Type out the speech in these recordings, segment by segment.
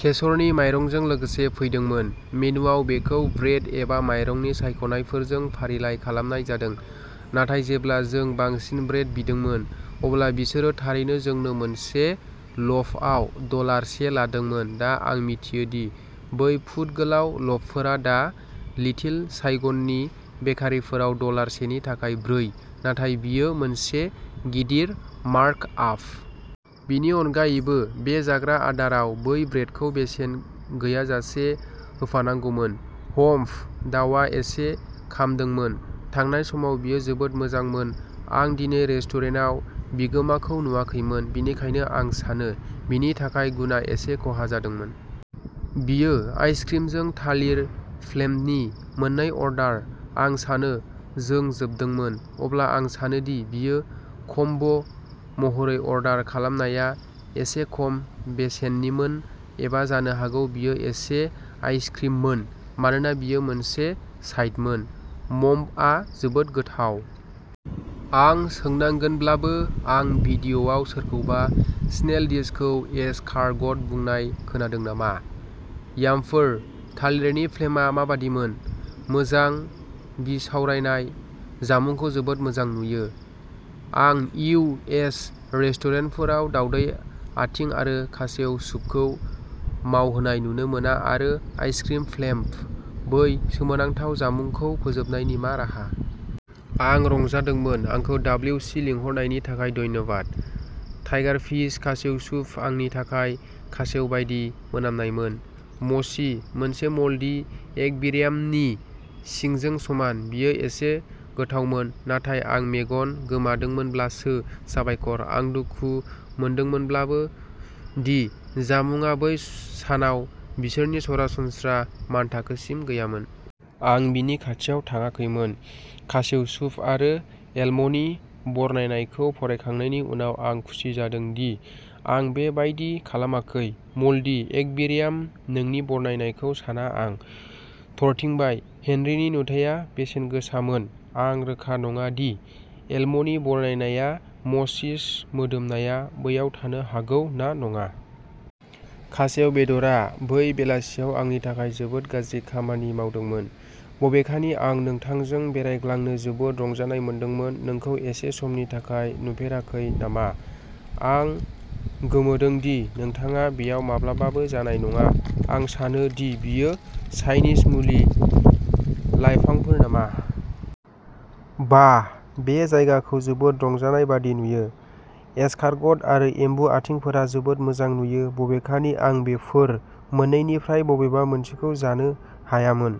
केसरनि माइरंजों लोगोसे फैदोंमोन। मेनुवाव बेखौ ब्रेड एबा माइरंनि सायख'नायजों फारिलाइ खालामनाय जादों। नाथाय जेब्ला जों बांसिन ब्रेड बिदोंमोन, अब्ला बिसोरो थारैनो जोंनो मोनसे ल'फआव डलार से लादोंमोन। दा, आं मिथियो दि बै फुट गोलाव ल'फफोरा दा लिटिल साइगननि बेकारिफोराव डलार सेनि थाखाय ब्रै, नाथाय बेयो मोनसे गिदिर मार्कआप। बेनि अनगायैबो, बे जाग्रा आदाराव बै ब्रेडखौ बेसेन गैयाजासे होफानांगौमोन। हम्फ! दावआ एसे खामदोंमोन। थांनाय समाव बेयो जोबोद मोजांमोन। आं दिनै रेस्टुरेन्टाव बिगोमाखौ नुवाखैमोन, बेनिखायनो आं सानो बेनि थाखाय गुनआ एसे खहा जादोंमोन। बेयो आइसक्रिमजों थालिर फ्लेम्बनि मोननै अर्डार। आं सानो जों जोबदोंमोन। अब्ला आं सानो दि बेयो कम्बो महरै अर्डार खालामनाया एसे खम बेसेननिमोन एबा जानो हागौ बेयो एसे आइसक्रिममोन मानोना बेयो मोनसे साइडमोन? म्ममआ जोबोद गोथाव! आं सोंनांगोनब्लाबो आं भिडिअ'आव सोरखौबा स्नेइल डिशखौ एस कार ग'ट बुंनाय खोनादों नामा? यामफोर थालिरनि फ्लेम्बआ माबायदिमोन? मोजां बिसावरायनाय! जामुंखौ जोबोद मोजां नुयो! आं इउ एस रेस्टुरेन्टफोराव दावदै आथिं आरो खासेव सुपखौ मावहोनाय नुनो मोना आरो आइसक्रिम फ्लेम्ब, बै सोमोनांथाव जामुंखौ फोजोबनायनि मा राहा! आं रंजादोंमोन! आंखौ डाब्लिउ सि लिंहरनायनि थाखाय धन्यबाद। टाइगारफिश, खासेव सुप, आंनि थाखाय, खासेव बायदि मोनामनायमोन। मसि, मोनसे मल्डि एक्वेरियामनि सिंजों समान। बेयो एसे गोथावमोन, नाथाय आं मेगन गोमादोंमोनब्लासो। साबायखर। आं दुखु मोनदोंमोनब्लाबो दि जामुंआ बै सानाव बिसोरनि सरासनस्रा मानथाखोसिम गैयामोन। आं बिनि खाथियाव थाङाखैमोन। खासेव सुप आरो एलम'नि बरनायनायखौ फरायखांनायनि उनाव, आं खुसि जादों दि आं बे बायदि खालामाखै। मल्डी एक्वेरियाम? नोंनि बरनायनायखौ सानना आं थरथिंबाय। हेनरिनि नुथाया बेसेनगोसामोन। आं रोखा नङा दि एलम'नि बरनायनाय मोसिस मोदोमनाया बैयाव थानो हागौ ना नङा। खासेव बेदरआ बै बेलासियाव आंनि थाखाय जोबोद गाज्रि खामानि मावदोंमोन। बबेखानि, आं नोंथांजों बेरायग्लांनो जोबोद रंजानाय मोनदोंमोन। नोंखौ एसे समनि थाखाय नुफेराखै नामा। आं गोमोदों दि नोंथाङा बेयाव माब्लाबाबो जानाय नङा। आं सानो दि बेयो चाइनिज मुलि लाइफांफोर नामा? बाह, बे जायगाखौ जोबोद रंजानाय बायदि नुयो! एसकारगट आरो एम्बु आथिंफोरा जोबोद मोजां नुयो, बबेखानि आं बेफोर मोननैनिफ्राय बबेबा मोनसेखौ जानो हायामोन।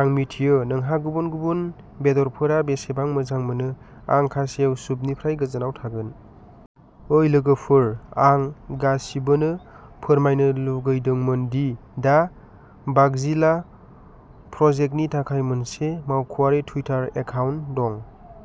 आं मिथियो नोंहा गुबुन गुबुन बेदरफोरा बेसेबां मोजां मोनो। आं खासेव सुपनिफ्राय गोजानाव थागोन। ओइ लोगोफोर! आं गासिबोनो फोरमायनो लुगैदोंमोन दि दा बागजिला प्रजेक्टनि थाखाय मोनसे मावख'आरि टुइटार एकाउन्ट दं।